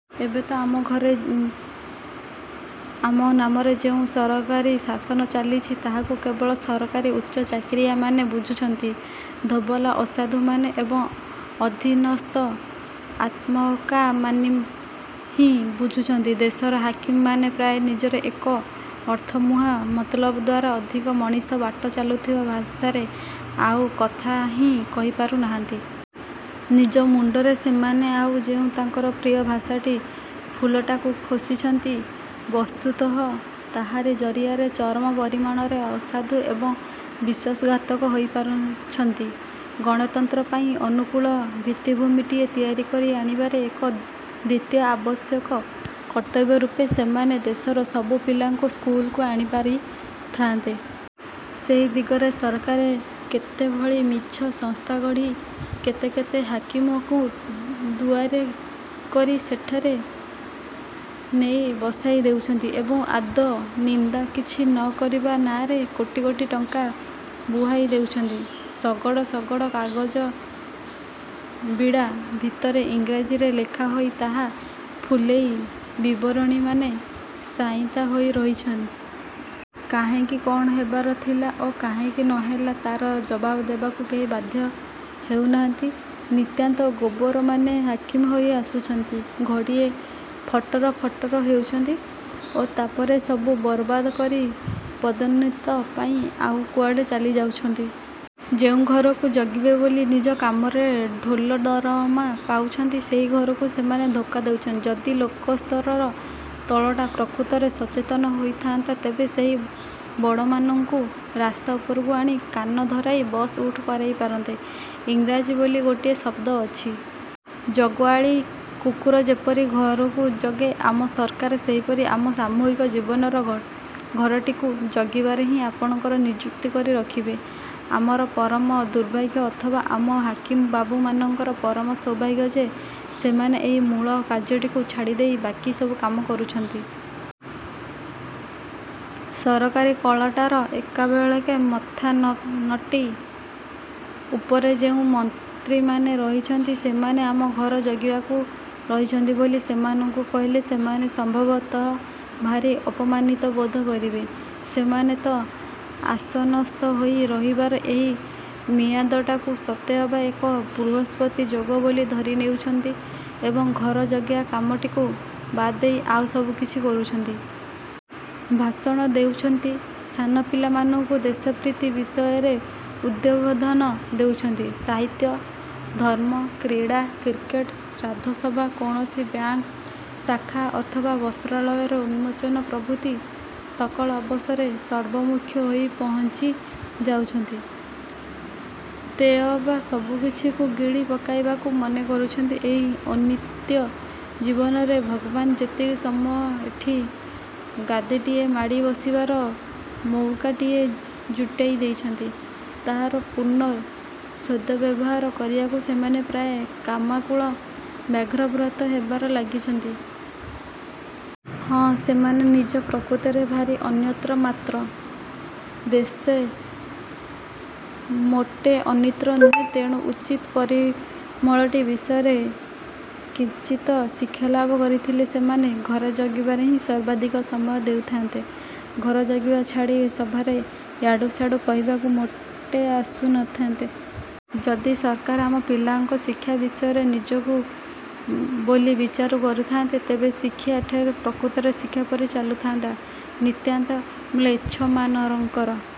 ଏବେ ତ ଆମ ଘରେ ଆମ ନାମରେ ଯେଉଁ ସରକାରୀଶାସନ ଚାଲିଛି ତାହାକୁ କେବଳ ସରକାରୀ ଉଚ୍ଚ ଚାକିରିଆମାନେ ବୁଝୁଛନ୍ତି, ଧୋବଲା ଅସାଧୁମାନେ ଏବଂ ଅଧିନସ୍ଥ ଆତ୍ମକାମୀମାନେ ହିଁ ବୁଝୁଛନ୍ତି। ଦେଶର ହାକିମମାନେ ପ୍ରାୟ ନିଜର ଏକ ଅର୍ଥମୁହାଁ ମତଲବ ଦ୍ୱାରା ଅଧିକ ମଣିଷ ବାଟ ଚାଲୁଥିବା ଭାଷାରେ ଆଉ କଥା ହଁ କହିପାରୁ ନାହାନ୍ତି। ନିଜ ମୁଣ୍ଡରେ ସେମାନେ ଆଉ ଯେଉଁ ତାଙ୍କ ପ୍ରିୟ ଭାଷାଟିର ଫୁଲଟାକୁ ଖୋସିଛନ୍ତି, ବସ୍ତୁତଃ ତାହାରି ଜରିଆରେ ଚରମ ପରିମାଣରେ ଅସାଧୁ ଏବଂ ବିଶ୍ୱାସଘାତକ ହୋଇପାରୁଛନ୍ତି। ଗଣତନ୍ତ୍ର ପାଇଁ ଅନୁକୂଳ ଭିତ୍ତିଭୂମିଟିଏ ତିଆରିକରି ଆଣିବାରେ ଏକ ଦ୍ଵିତୀୟ ଆବଶ୍ୟକ କର୍ତ୍ତବ୍ୟ ରୂପେ ସେମାନେ ଦେଶର ସବୁ ପିଲାଙ୍କୁ ସ୍କୁଲକୁ ଆଣିପାରି ଥାଆନ୍ତେ। ସେହି ଦିଗରେ ସରକାର କେତେଭଳି ମିଛ ସଂସ୍ଥାଗଢ଼ି କେତେ କେତେ ହାକିମଙ୍କୁ ଦୁଆରୀ କରି ସେଠାରେ ନେଇ ବସାଇ ଦେଉଛନ୍ତି ଏବଂ ଆଦୌ ନିଦା କିଛି ନ କରିବା ନାଆଁରେ କୋଟି କୋଟି ଟଙ୍କା ବୁହାଇ ଦେଉଛନ୍ତି। ଶଗଡ଼ ଶଗଡ଼ କାଗଜବିଡ଼ା ଭିତରେ ଇଂରାଜୀରେ ଲେଖାହୋଇ ତାହାର ଫୁଲେଇ ବିବରଣୀମାନ ସାଇତା ହୋଇ ରହୁଛି। କାହିଁକି କଣ ହେବାର ଥିଲା ଓ କାହିଁକି ନହେଲା, ତାର ଜବାବ ଦେବାକୁ କେହି ବାଧ୍ୟ ହେଉନାହାନ୍ତି। ନିତାନ୍ତ ଗୋବରମାନେ ହାକିମ ହୋଇ ଆସୁଛନ୍ତି, ଘଡ଼ିଏ ଫଟର ଫଟର ହେଉଛନ୍ତି ଓ ତାପରେ ସବୁ ବରବାଦ କରି ପଦୋନ୍ନତି ପାଇ ଆଉ କୁଆଡ଼େ ଚାଲି ଯାଉଛନ୍ତି। ଯେଉଁ ଘରକୁ ଜଗିବେ ବୋଲି ନିଜ କାମରେ ଢୋଲେ ଦରମା ପାଉଛନ୍ତି, ସେହି ଘରକୁ ସେମାନେ ଧୋକା ଦେଉଛନ୍ତି। ଯଦି ଲୋକସ୍ତରର ତଳଟା ପ୍ରକୃତରେ ସଚେତନ ହୋଇଥାନ୍ତା, ତେବେ ସେହି ବଡ଼ମାନଙ୍କୁ ରାସ୍ତା ଉପରକୁ ଆଣି କାନ ଧରାଇ ବସ ଉଠ କରାଇପାରନ୍ତା। ଇଂରାଜୀରେ ବୋଲି ଗୋଟିଏ ଶବ୍ଦ ଅଛି। ଜଗୁଆଳି କୁକୁର ଯେପରି ଘରକୁ ଜଗେ, ଆମ ସରକାର ସେହିପରି ଆମ ସାମୂହିକ ଜୀବନର ଘରଟିକୁ ଜଗିବାରେ ହିଁ ଆପଣାକୁ ନିଯୁକ୍ତ କରି ରଖିବେ। ଆମର ପରମ ଦୁର୍ଭାଗ୍ୟ ଅଥବା ଆମ ହାକିମ ବାବୁମାନଙ୍କର ପରମ ସୌଭାଗ୍ୟ ଯେ ସେମାନେ ସେହି ମୂଳ କାର୍ଯ୍ୟଟିକୁ ଛାଡ଼ିଦେଇ ବାକି ସବୁ କାମ କରୁଛନ୍ତି। ସରକାରୀ କଳଟାର ଏକାବେଳେକେ ମଥାନଟି ଉପରେ ଯେଉଁ ମନ୍ତ୍ରୀମାନେ ରହିଛନ୍ତି। ସେମାନେ ଆମ ଘର ଜଗିବାକୁ ରହିଛନ୍ତି ବୋଲି ସେମାନଙ୍କୁ କହିଲେ ସେମାନେ ସମ୍ଭବତଃ ଭାରି ଅପମାନିତ ବୋଧ କରିବେ। ସେମାନେ ତ ଆସନସ୍ଥ ହୋଇ ରହିବାର ଏହି ମିଆଦଟାକୁ ସତେ ଅବା ଏକ ବୃହସ୍ପତି ଯୋଗ ବୋଲି ଧରି ନେଉଛନ୍ତି ଏବଂ ଘର ଜଗିବା କାମଟିକୁ ବାଦ୍ ଦେଇ ଆଉ ସବୁକିଛି କରୁଛନ୍ତି। ଭାଷଣ ଦେଉଛନ୍ତି, ସାନ ପିଲାମାନଙ୍କୁ ଦେଶପ୍ରୀତି ବିଷୟରେ ଉଦ୍ବୋଧନ ଦେଉଛନ୍ତି, ସାହିତ୍ୟ, ଧର୍ମ, କ୍ରୀଡ଼ା, କ୍ରିକେଟ, ଶ୍ରାଦ୍ଧସଭା, କୌଣସି ବ୍ୟାଙ୍କ ଶାଖା ଅଥବା ବସ୍ତ୍ରାଳୟର ଉନ୍ମୋଚନ ପ୍ରଭୃତି ସକଳ ଅବସରେ ସର୍ବମୁଖ୍ୟ ହୋଇ ପହଞ୍ଚି ଯାଉଛନ୍ତି। ତେଅବା ସବୁକିଛିକୁ ଗିଳି ପକାଇବାକୁ ମନ କରୁଛନ୍ତି। ଏହି ଅନିତ୍ୟ ଜୀବନରେ ଭଗବାନ ଯେତିକି ସମୟ ଏଠି ଗାଦୀଟିଏ ମାଡ଼ି ବସିବାର ମଉକାଟିଏ ଜୁଟାଇ ଦେଇଛନ୍ତି, ତାହାର ପୂର୍ଣ୍ଣ ସଦ୍ବ୍ୟବହାର କରିବାକୁ ସେମାନେ ପ୍ରାୟ କାମାକୁଳ ବ୍ୟାଘ୍ରବତ୍ ହେବାରେ ଲାଗିଛନ୍ତି। ହଁ ସେମାନେ ନିଜେ ପ୍ରକୃତରେ ଭାରି ଅନିତ୍ୟ ମାତ୍ର ଦେଶ ମୋଟେ ଅନିତ୍ୟ ନୁହେଁ, ତେଣୁ ଉଚିତ୍ ପରିମଳଟି ବିଷୟରେ କିଞ୍ଚିତ ଶିକ୍ଷାଲାଭ କରିଥିଲେ ସେମାନେ ଘର ଜଗିବାରେ ହିଁ ସର୍ବାଧିକ ସମୟ ଦେଉଥାନ୍ତେ। ଘର ଜଗିବା ଛାଡ଼ି ସଭାରେ ୟାଡୁସାଡୁ କହିବାକୁ ମୋଟେ ଆସୁନଥାନ୍ତେ। ଯଦି ସରକାର ଆମ ପିଲାଙ୍କ ଶିକ୍ଷା ବିଷୟରେ ନିଜକୁ ବୋଲି ବିଚାରୁ ଥାଆନ୍ତେ, ତେବେ ଶିକ୍ଷା ଏଠାରେ ପ୍ରକୃତରେ ଶିକ୍ଷା ପରି ଚାଲୁଥାନ୍ତା, ନିତାନ୍ତ ମ୍ଳେଚ୍ଛମାନଙ୍କର